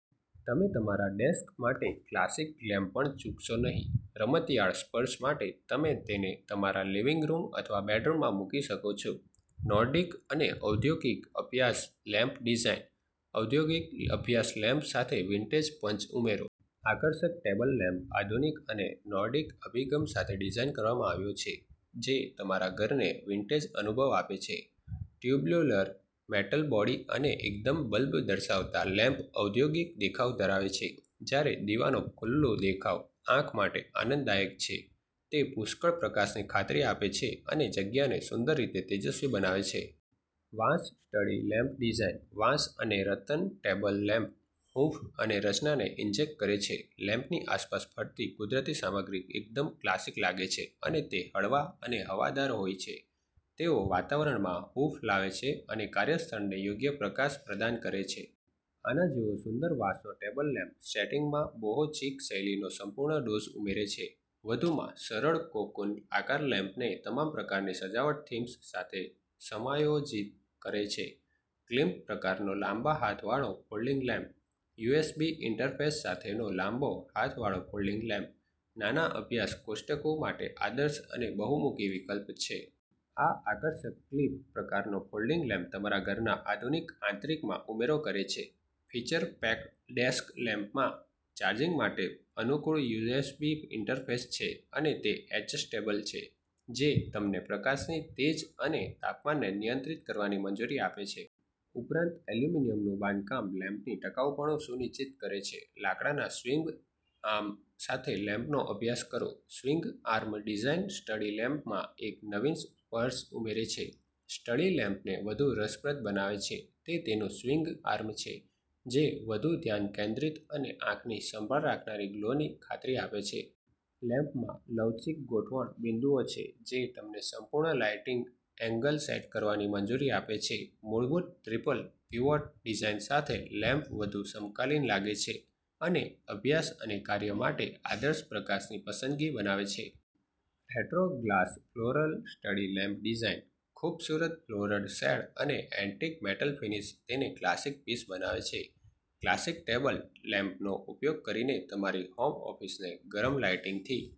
તમારે તમારા ડેસ્ક માટે ક્લાસિક ગ્લેમ પણ ચૂકશો નહીં. રમતિયાળ સ્પર્શ માટે તમે તેને તમારા લિવિંગ રૂમ અથવા બેડરૂમમાં મૂકી શકો છો. નોર્ડિક અને ઔદ્યોગિક અભ્યાસ લેમ્પ ડિઝાઇન. ઔદ્યોગિક અભ્યાસ લેમ્પ સાથે વિન્ટેજ પંચ ઉમેરો. આકર્ષક ટેબલ લેમ્પ આધુનિક અને નોર્ડિક અભિગમ સાથે ડિઝાઇન કરવામાં આવ્યો છે, જે તમારા ઘરને વિન્ટેજ અનુભવ આપે છે. ટ્યુબ્યુલર મેટલ બોડી અને એકદમ બલ્બ દર્શાવતા, લેમ્પ ઔદ્યોગિક દેખાવ ધરાવે છે. જ્યારે દીવાનો ખુલ્લું દેખાવ આંખ માટે આનંદદાયક છે, તે પુષ્કળ પ્રકાશની ખાતરી આપે છે અને જગ્યાને સુંદર રીતે તેજસ્વી બનાવે છે. વાંસ સ્ટડી લેમ્પ ડિઝાઇન. વાંસ અને રતન ટેબલ લેમ્પ હૂંફ અને રચનાને ઇન્જેક્ટ કરે છે. લેમ્પની આસપાસ ફરતી કુદરતી સામગ્રી એકદમ ક્લાસિક લાગે છે અને તે હળવા અને હવાદાર હોય છે. તેઓ વાતાવરણમાં હૂંફ લાવે છે અને કાર્યસ્થળને યોગ્ય પ્રકાશ પ્રદાન કરે છે. આના જેવો સુંદર વાંસનો ટેબલ લેમ્પ સેટિંગમાં બોહો-ચીક શૈલીનો સંપૂર્ણ ડોઝ ઉમેરે છે. વધુમાં, સરળ કોકૂન આકાર લેમ્પને તમામ પ્રકારની સજાવટ થીમ્સ સાથે સમાયોજિત કરે છે. ક્લિપ-પ્રકારનો લાંબા હાથવાળો ફોલ્ડિંગ લેમ્પ, યુએસબી ઇન્ટરફેસ સાથેનો લાંબો હાથવાળો ફોલ્ડિંગ લેમ્પ, નાના અભ્યાસ કોષ્ટકો માટે આદર્શ અને બહુમુખી વિકલ્પ છે. આ આકર્ષક, ક્લિપ-પ્રકારનો ફોલ્ડિંગ લેમ્પ તમારા ઘરના આધુનિક આંતરિકમાં ઉમેરો કરે છે. ફીચર-પેક્ડ ડેસ્ક લેમ્પમાં ચાર્જિંગ માટે અનુકૂળ યુએસબી ઇન્ટરફેસ છે અને તે એડજસ્ટેબલ છે, જે તમને પ્રકાશની તેજ અને તાપમાનને નિયંત્રિત કરવાની મંજૂરી આપે છે. ઉપરાંત, એલ્યુમિનિયમનું બાંધકામ લેમ્પની ટકાઉપણું સુનિશ્ચિત કરે છે. લાકડાના સ્વિંગ આર્મ સાથે લેમ્પનો અભ્યાસ કરો. સ્વિંગ આર્મ ડિઝાઇન સ્ટડી લેમ્પમાં એક નવીન સ્પર્શ ઉમેરે છે. સ્ટડી લેમ્પને વધુ રસપ્રદ બનાવે છે તે તેનું સ્વિંગ આર્મ છે, જે વધુ ધ્યાન કેન્દ્રિત અને આંખની સંભાળ રાખનારી ગ્લોની ખાતરી આપે છે. લેમ્પમાં લવચીક ગોઠવણ બિંદુઓ છે જે તમને સંપૂર્ણ લાઇટિંગ એંગલ સેટ કરવાની મંજૂરી આપે છે. મૂળભૂત ટ્રિપલ પીવોટ ડિઝાઇન સાથે, લેમ્પ વધુ સમકાલીન લાગે છે અને અભ્યાસ અને કાર્ય માટે આદર્શ પ્રકાશની પસંદગી બનાવે છે. Retro glass floral study lamp design. ખૂબસૂરત ફ્લોરલ શેડ અને એન્ટિક મેટલ ફિનિશ તેને ક્લાસિક પીસ બનાવે છે. ક્લાસિક ટેબલ લેમ્પનો ઉપયોગ કરીને તમારી હોમ ઑફિસને ગરમ લાઇટિંગથી